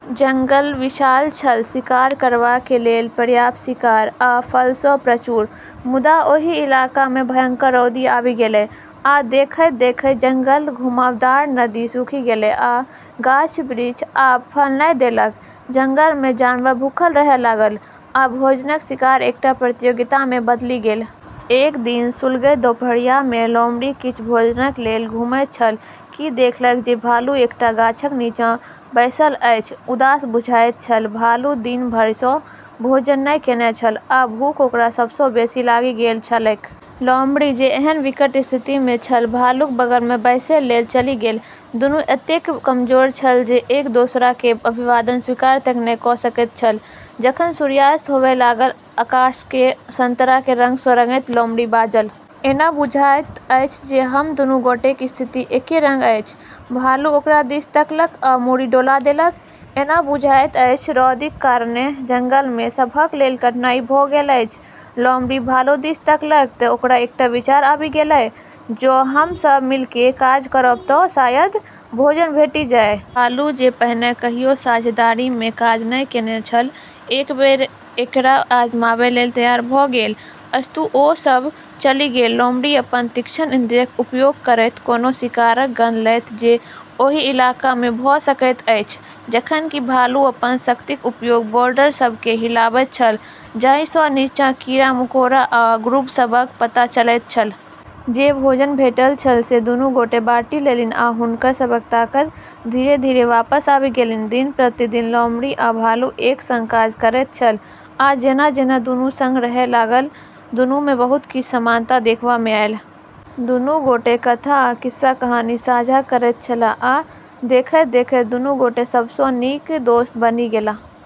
जंगल विशाल छल, शिकार करबाक लेल पर्याप्त शिकार आ फलसँ प्रचूर । मुदा, ओहि इलाकामे भयंकर रौदी आबि गेलै, आ देखैत-देखैत जंगलमे घुमावदार नदी सुखि गेलै, आ गाछ-बिरिछ आब फल नहि देलक। जंगलमे जानवर भूखल रहै लागल, आ भोजनक शिकार एकटा प्रतियोगितामे बदलि गेल। एक दिन सुलगैत दोपहरियामे लोमड़ी किछ भोजनक लेल घुमैत छल कि देखलक जे भालू एकटा गाछक निच्चाँ बैसल अछि, उदास बुझाइत छल। भालू दिन भरिसँ भोजन नहि केने छल, आ भूख ओकरा सबसँ बेशी लागि गेल छलैक। लोमड़ी, जे एहने विकट स्थितिमे छल, भालूक बगलमे बैसय लेल चलि गेल, दुन्नू एतेक कमजोर छल जे एक दोसराकेँ अभिवादन स्वीकार तक नहि क' सकैत छल। जखन सूर्यास्त होबय लागल, आकाशके संतराके रंगसँ रंगैत, लोमड़ी बाजल। "एना बुझाइत अछि जे हम दुन्नू गोटेक स्थिति एके रंग अछि। " भालू ओकरा दिस तकलक आ मुड़ी डोला देलक, "एना बुझाइत अछि। रौदीक कारणेँ जंगलमे सबहक लेल कठिनाई भ' गेल अछि। " लोमड़ी भालू दिस तकलक, त' ओकरा एकटा विचार आबि गेलै, "जँ हम सभ मिलिके काज करब त' शायद भोजन भेटि जाय। " भालू जे पहिने कहियो साझेदारीमे काज नहि केने छल, एक बेर एकरा आजमाबै लेल तैयार भ' गेल। अस्तु, ओ सभ चलि गेल, लोमड़ी अपन तीक्ष्ण इन्द्रियक उपयोग करैत कोनो शिकारक गंध लैत जे ओहि इलाकामे भ' सकैत अछि जखन कि भालू अपन शक्तिक उपयोग बोल्डर सभकेँ हिलाबैत छल, जाहिसँ निच्चाँ कीड़ा-मकोड़ा आ ग्रुब सभक पता चलैत छल। जे भोजन भेटल छल से दुन्नू गोटे बाँटि लेलनि, आ हुनकर सभक ताकत धीरे-धीरे वापस आबि गेलनि। दिन-प्रतिदिन लोमड़ी आ भालू एक सङ्ग काज करैत छल, आ जेना-जेना दुन्नू सङ्ग रहै लागल, दुन्नूमे बहुत किछ समानता देखबामे आयल। दुन्नू गोटे कथा आ किस्सा-कहानी साझा करैत छलाह, आ देखैत-देखैत दुन्नू गोटे सबसँ नीक दोस्त बनि गेलाह।